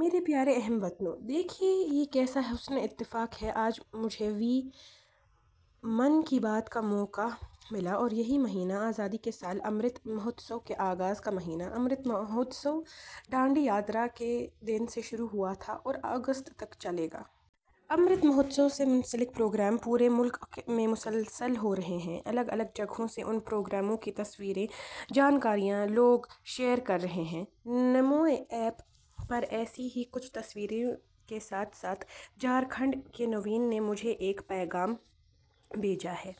میرے پیارے ہم وطنو، دیکھیے یہ کیسا حسن اتفاق ہے آج مجھے ویں 'من کی بات' کا موقع ملا اور یہی مہینہ آزادی کے سال کے 'امرت مہوتسو'کے آغاز کا مہینہ۔ امرت مہوتسو ڈانڈی یاترا کے دن سے شروع ہوا تھا اور اگست تک چلےگا۔ 'امرت مہوتسو' سے منسلک پروگرام پورے ملک میں مسلسل ہو رہے ہیں، الگ الگ جگہوں سے ان پروگراموں کی تصویریں، جانکاریاں لوگ شیئر کر رہے ہیں۔ نمو ایپ پر ایسی ہی کچھ تصویروں کے ساتھ ساتھ جھارکھنڈ کے نوین نے مجھے ایک پیغام بھیجا ہے۔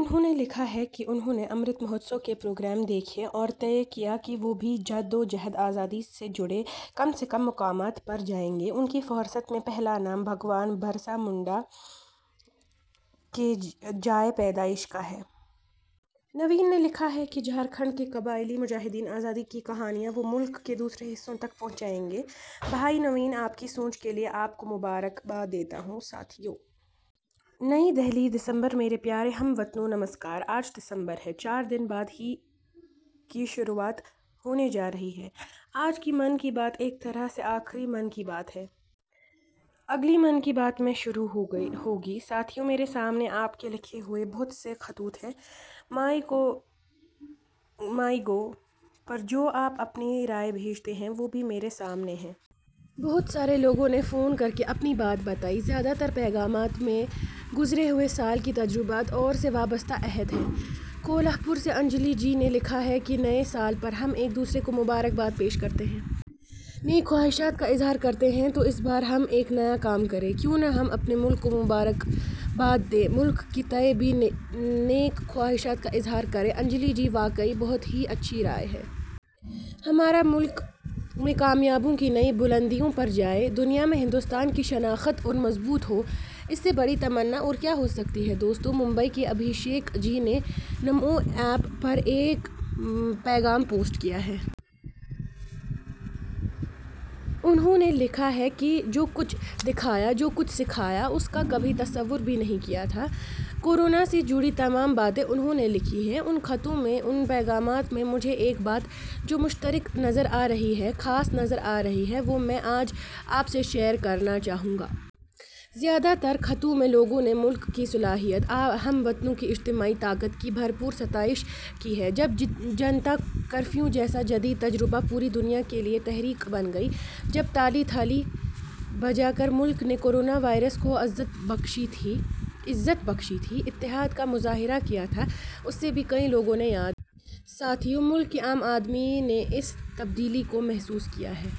انہوں نے لکھا ہے کہ انہوں نے 'امرت مہوتسو' کے پروگرام دیکھے اور طے کیا کہ وہ بھی جد وجہد آزادی سے جڑے کم سے کم مقامات پر جائیں گے۔ ان کی فہرست میں پہلا نام، بھگوان برسا منڈا کے جائے پیدائش کا ہے۔ نوین نے لکھا ہے کہ جھارکھنڈ کے قبائلی مجاہدین آزادی کی کہانیاں وہ ملک کے دوسرے حصوں تک پہنچائیں گے۔ بھائی نوین، آپکی سوچ کے لیے میں آپ کو مبارکباد دیتا ہوں۔ ساتھیو،. نئی دہلی۔ دسمبر میرے پیارے ہم وطنو، نمسکار۔ آج دسمبر ہے۔ چار دن بعد ہی کی شروعات ہونے جا رہی ہے۔ آج کی 'من کی بات' ایک طرح سے کی آخری 'من کی بات' ہے۔ اگلی 'من کی بات' میں شروع ہوگی۔ ساتھیو، میرے سامنے آپ کے لکھے ہوئے بہت سے خطوط ہیں۔ ' مائی گو' پر جو آپ اپنی رائے بھیجتے ہیں، وہ بھی میرے سامنے ہیں۔ بہت سارے لوگوں نے فون کرکے اپنی بات بتائی ہے۔ زیادہ تر پیغامات میں، گذرے ہوئے سال کے تجربات ، اور، سے وابستہ عہد ہیں۔ کولہاپور سے انجلی جی نے لکھا ہے کہ نئے سال پر، ہم، ایک دوسرے کو مبارکباد پیش کرتے ہیں۔ نیک خواہشات کا اظہار کرتے ہیں تو اس بار ہم ایک نیا کام کریں۔ کیوں نہ ہم، اپنے ملک کو مبارکباد دیں، ملک کے تئیں بھی نیک خواہشات کا اظہار کریں۔ انجلی جی، واقعی، بہت ہی اچھی رائے ہے۔ ہمارا ملک میں کامیابیوں کی نئی بلندیوں پر جائے ، دنیا میں ہندوستان کی شناخت اورمضبوط ہو، اس سے بڑی تمنا اور کیا ہوسکتی ہے۔ دوستو ، ممبئی کے ابھیشیک جی نے نمو ایپ پر ایک پیغام پوسٹ کیا ہے۔ انہوں نے لکھا ہے کہ نے جو کچھ دکھایا ، جوکچھ سکھایا ، اس کا کبھی تصور بھی نہیں کیا تھا۔ کو رونا سے جڑی تمام باتیں انہوں نے لکھی ہیں۔ ان خطوں میں، ان پیغامات میں، مجھے، ایک بات جومشترک نظر آ رہی ہے، خاص نظر آ رہی ہے، وہ میں آج آپ سے شیئر کرنا چاہوں گا۔ زیادہ تر خطوں میں لوگوں نے ملک کی صلاحیت ، ہم وطنوں کی اجتماعی طاقت کی بھرپور ستائش کی ہے۔ جب جنتا کرفیو جیسا جدید تجربہ پوری دنیا کے لیے تحریک بن گئی ، جب، تالی تھالی بجاکر ملک نے کورونا واریرس کو عزت بخشی تھی، اتحاد کا مظاہرہ کیا تھا، اسے بھی کئی لوگوں نے یاد کیا ہے ۔ ساتھیو، ملک کے عام آدمی نے اس تبدیلی کو محسوس کیا ہے۔